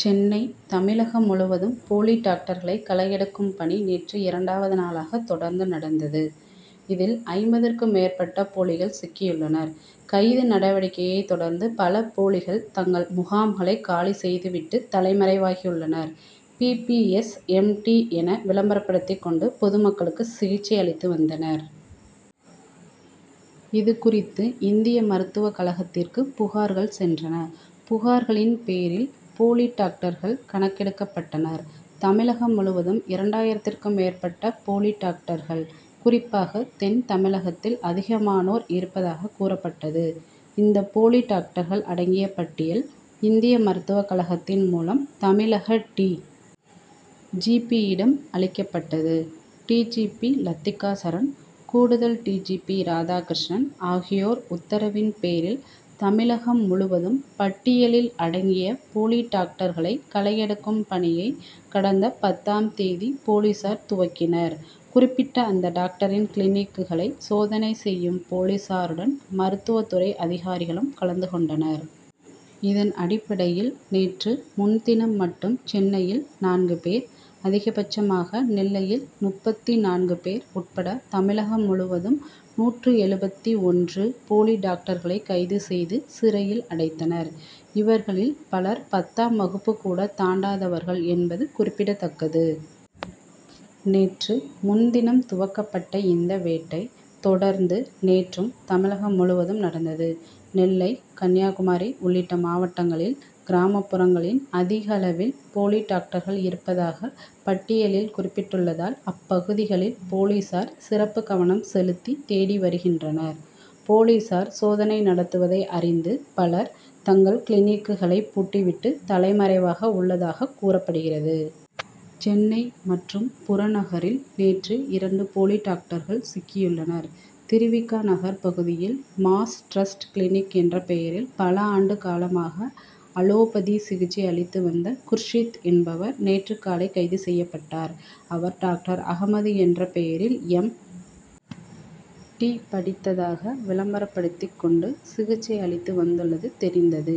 சென்னை தமிழகம் முழுவதும் போலி டாக்டர்களை களையெடுக்கும் பணி நேற்று இரண்டாவது நாளாக தொடர்ந்து நடந்தது. இதில், ஐம்பதுக்கும் மேற்பட்ட போலிகள் சிக்கியுள்ளனர். கைது நடவடிக்கையை தொடர்ந்து, பல போலிகள் தங்கள் முகாம்களை காலி செய்துவிட்டு தலைமறைவாகியுள்ளனர். B. B. S., M. D., என விளம்பரப்படுத்திக் கொண்டு பொதுமக்களுக்கு சிகிச்சை அளித்துவந்தனர். இதுகுறித்து, இந்திய மருத்துவ கழகத்திற்கு புகார்கள் சென்றன. புகார்களின் பேரில், போலி டாக்டர்கள் கணக்கெடுக்கப்பட்டனர். தமிழகம் முழுவதும் இரண்டாயிரத்திற்கும் மேற்பட்ட போலி டாக்டர்கள், குறிப்பாக தென் தமிழகத்தில் அதிகமானோர் இருப்பதாக கூறப்பட்டது. இந்த போலி டாக்டர்கள் அடங்கிய பட்டியல், இந்திய மருத்துவக் கழகத்தின் மூலம், தமிழக டி. ஜி. பி.,யிடம் அளிக்கப்பட்டது. D. G. P., Lathika Saran, கூடுதல் டி. ஜி. பி., ராதாகிருஷ்ணன் ஆகியோர் உத்தரவின் பேரில், தமிழகம் முழுவதும் பட்டியலில் அடங்கிய போலி டாக்டர்களை களையெடுக்கும் பணியை, கடந்த பத்தாம் தேதி போலீசார் துவக்கினர். குறிப்பிட்ட அந்த டாக்டரின் கிளினிக்குகளை சோதனை செய்யும் போலீசாருடன், மருத்துவத் துறை அதிகாரிகளும் கலந்து கொண்டனர். இதன் அடிப்படையில் நேற்று முன்தினம் மட்டும் சென்னையில் நான்கு பேர், அதிகபட்சமாக நெல்லையில் முப்பத்து நான்கு பேர் உட்பட தமிழகம் முழுவதும் நூற்று எழுபத்து ஒன்று போலி டாக்டர்களை கைது செய்து சிறையில் அடைத்தனர். இவர்களில் பலர் பத்தாம் வகுப்பு கூட தாண்டாதவர்கள் என்பது குறிப்பிடத்தக்கது. நேற்று முன்தினம் துவக்கப்பட்ட இந்த வேட்டை, தொடர்ந்து நேற்றும் தமிழகம் முழுவதும் நடந்தது. நெல்லை, கன்னியாகுமரி உள்ளிட்ட மாவட்டங்களில் கிராமப்புறங்களில் அதிகளவில் போலி டாக்டர்கள் இருப்பதாக பட்டியலில் குறிப்பிட்டுள்ளதால், அப்பகுதிகளில் போலீசார் சிறப்பு கவனம் செலுத்தி தேடி வருகின்றனர். போலீசார் சோதனை நடத்துவதை அறிந்து பலர், தங்கள் கிளினிக்குகளை பூட்டிவிட்டு, தலைமறைவாக உள்ளதாக கூறப்படுகிறது. சென்னை மற்றும் புறநகரில் நேற்று இரண்டு போலி டாக்டர்கள் சிக்கியுள்ளனர். திரு. வி. க., நகர் பகுதியில் மாஸ் டிரஸ்ட் கிளினிக் என்ற பெயரில் பல ஆண்டு காலமாக அலோபதி சிகிச்சை அளித்து வந்த குர்ஷித் என்பவர், நேற்று காலை கைது செய்யப்பட்டார். அவர், டாக்டர் அகமது என்ற பெயரில் எம். டி., படித்ததாக விளம்பரப்படுத்திக் கொண்டு சிகிச்சை அளித்து வந்துள்ளது தெரிந்தது.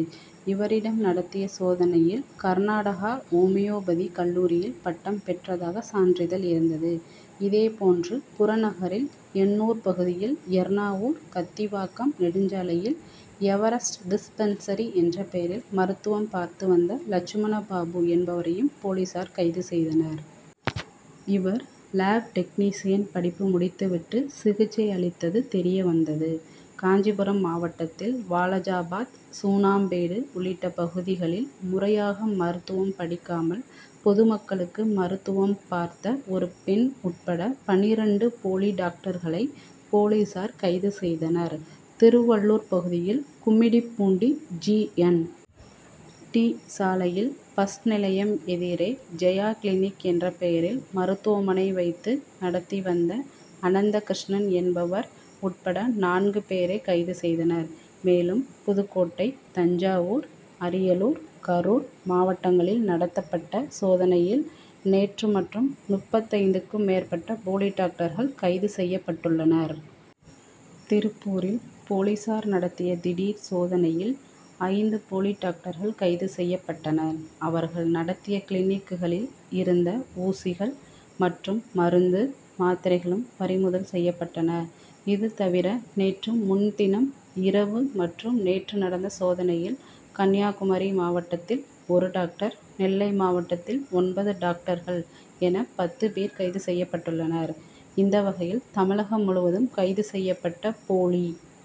இவரிடம் நடத்திய சோதனையில், கர்நாடகா ஓமியோபதி கல்லூரியில் பட்டம் பெற்றதாக சான்றிதழ் இருந்தது. இதே போன்று, புறநகரில் எண்ணூர் பகுதியில் எர்ணாவூர், கத்திவாக்கம் நெடுஞ்சாலையில் எவரெஸ்ட் டிஸ்பென்சரி என்ற பெயரில் மருத்துவம் பார்த்துவந்த லட்சுமண பாபு என்பவரையும் போலீசார் கைது செய்தனர். இவர், லேப்டெக்னீஷியன் படிப்பு முடித்துவிட்டு, சிகிச்சை அளித்தது தெரியவந்தது. காஞ்சிபுரம் மாவட்டத்தில் வாலாஜாபாத், சூணாம்பேடு உள்ளிட்ட பகுதிகளில் முறையாக மருத்துவம் படிக்காமல் பொதுமக்களுக்கு மருத்துவம் பார்த்த ஒரு பெண் உட்பட பன்னிரண்டு போலி டாக்டர்களை, போலீசார் கைது செய்தனர். திருவள்ளூர் பகுதியில் கும்மிடிப்பூண்டி ஜி. என். டி., சாலையில் பஸ் நிலையம் எதிரே ஜெயா கிளினிக் என்ற பெயரில் மருத்துவமனை வைத்து நடத்தி வந்த அனந்தகிருஷ்ணன் என்பவர் உட்பட நான்கு பேரை கைது செய்தனர். மேலும் புதுக்கோட்டை, தஞ்சாவூர், அரியலூர், கரூர் மாவட்டங்களில் நடத்தப்பட்ட சோதனையில் நேற்று மட்டும் முப்பத்தைந்துக்கும் மேற்பட்ட போலி டாக்டர்கள் கைது செய்யப்பட்டுள்ளனர். திருப்பூரில் போலீசார் நடத்திய திடீர் சோதனையில், ஐந்து போலி டாக்டர்கள் கைது செய்யப்பட்டனர். அவர்கள் நடத்திய கிளினிக்குகளில் இருந்த ஊசிகள் மற்றும் மருந்து, மாத்திரைகளும் பறிமுதல் செய்யப்பட்டன. இது தவிர நேற்று முன்தினம் இரவு மற்றும் நேற்று நடந்த சோதனையில் கன்னியாகுமரி மாவட்டத்தில் ஒரு டாக்டர், நெல்லை மாவட்டத்தில் ஒன்பது டாக்டர்கள் என பத்து பேர் கைது செய்யப்பட்டுள்ளனர். இந்த வகையில் தமிழகம் முழுவதும் கைது செய்யப்பட்ட போலி